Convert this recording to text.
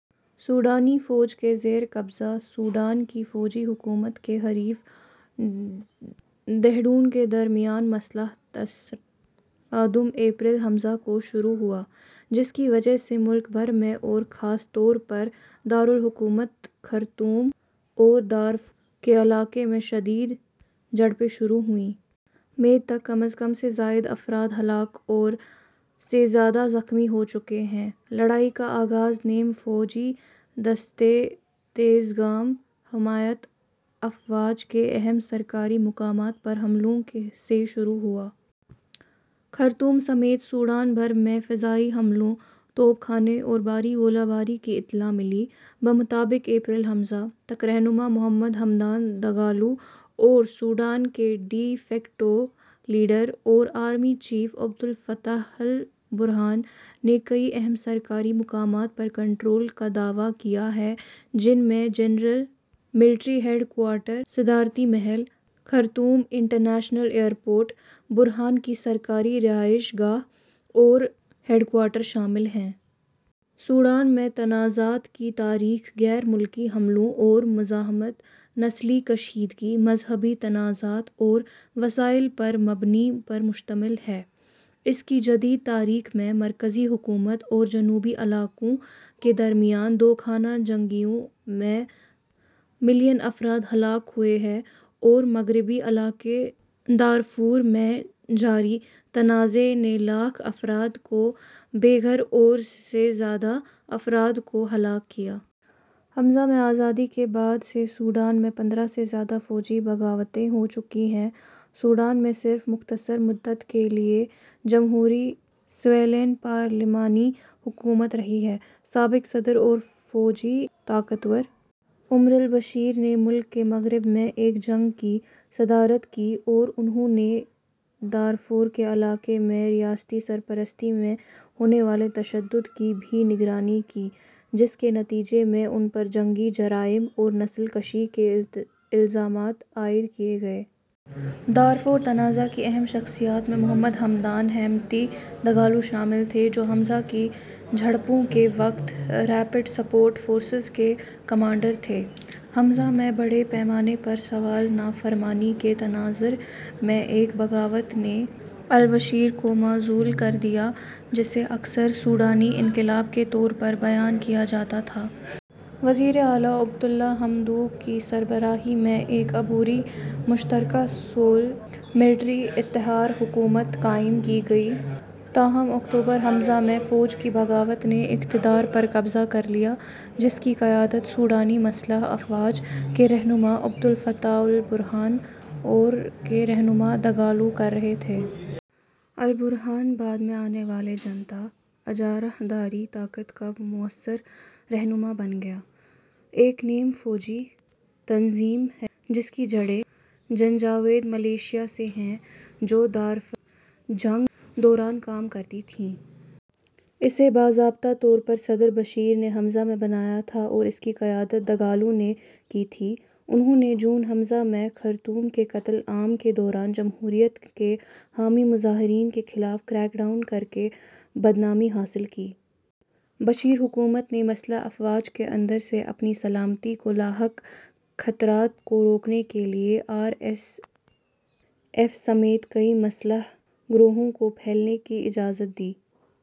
سوڈانی فوج کے زیر قبضہ سوڈان کی فوجی حکومت کے حریف دھڑوں کے درمیان مسلح تصادم اپریل ء کو شروع ہوا، جس کی وجہ سے ملک بھر میں اورخاص طور پر دار الحکومت خرطوم اور دارفور کے علاقے میں شدید جھڑپیں شروع ہوئیں۔ مئی تک کم از کم سے زائد افراد ہلاک اور ٫ سے زیادہ زخمی ہو چکے ہیں۔ لڑائی کا آغاز نیم فوجی دستے تیزگام حمیات افواج کے اہم سرکاری مقامات پر حملوں سے شروع ہوا۔ خرطوم سمیت سوڈان بھر میں فضائی حملوں، توپ خانے اور بھاری گولہ باری کی اطلاع ملی۔ بمطابق اپریل ء ، تک رہنما محمد حمدان دگالو اور سوڈان کے ڈی فیکٹو لیڈر اور آرمی چیف عبدالفتاح البرہان نے کئی اہم سرکاری مقامات پر کنٹرول کا دعویٰ کیا ہے جن میں جنرل ملٹری ہیڈ کوارٹر، صدارتی محل، خرطوم انٹرنیشنل ایئرپورٹ، برہان کی سرکاری رہائش گاہ اور ہیڈکوارٹر شامل ہیں۔ سوڈان میں تنازعات کی تاریخ غیر ملکی حملوں اور مزاحمت، نسلی کشیدگی، مذہبی تنازعات اور وسائل پر مبنی پر مشتمل ہے۔ اس کی جدید تاریخ میں، مرکزی حکومت اور جنوبی علاقوں کے درمیان دو خانہ جنگیوں میں ملین افراد ہلاک ہوئے اور مغربی علاقے دارفور میں جاری تنازعے نے لاکھ افراد کو بے گھر اور سے زیادہ افراد کو ہلاک کیا۔ ءمیں آزادی کے بعد سے سوڈان میں پندرہ سے زیادہ فوجی بغاوتیں ہو چکی ہیں سوڈان میں صرف مختصر مدت کے لیے جمہوری سویلین پارلیمانی حکومت رہی ہے۔ سابق صدر اور فوجی طاقتور عمر البشیر نے ملک کے مغرب میں ایک جنگ کی صدارت کی اور انھوں نے دارفور کے علاقے میں ریاستی سرپرستی میں ہونے والے تشدد کی بھی نگرانی کی، جس کے نتیجے میں ان پر جنگی جرائم اور نسل کشی کے الزامات عائد کیے گئے۔ دارفور تنازع کی اہم شخصیات میں محمد ہمدان "ہیمدتی" دگالو شامل تھے، جو ء کی جھڑپوں کے وقت ریپڈ سپورٹ فورسز کے کمانڈر تھے۔ ء میں، بڑے پیمانے پر سول نافرمانی کے تناظر میں ایک بغاوت نے البشیر کو معزول کر دیا جسے اکثر سوڈانی انقلاب کے طور پر بیان کیا جاتا تھا۔ وزیر اعظم عبد اللہ حمدوک کی سربراہی میں ایک عبوری مشترکہ سول ملٹری اتحاد حکومت قائم کی گئی۔ تاہم اکتوبر ء میں، فوج کی بغاوت نے اقتدار پر قبضہ کر لیا جس کی قیادت سوڈانی مسلح افواج کے رہنما عبدالفتاح البرہان اور کے رہنما دگالو کر رہے تھے۔ البرہان بعد میں آنے والی جنتا، اجارہ داری طاقت کا موثر رہنما بن گیا۔ ایک نیم فوجی تنظیم ہے جس کی جڑیں جنجاوید ملیشیا سے ہیں جو دارفر جنگ کے دوران کام کرتی تھیں۔ اسے باضابطہ طور پر صدر بشیر نے ء میں بنایا تھا اور اس کی قیادت دگالو نے کی تھی۔ انھوں نے جون ء میں خرطوم کے قتل عام کے دوران جمہوریت کے حامی مظاہرین کے خلاف کریک ڈاؤن کر کے بدنامی حاصل کی۔ بشیر حکومت نے مسلح افواج کے اندر سے اپنی سلامتی کو لاحق خطرات کو روکنے کے لیے آر ایس ایف سمیت کئی مسلح گروہوں کو پھیلنے کی اجازت دی۔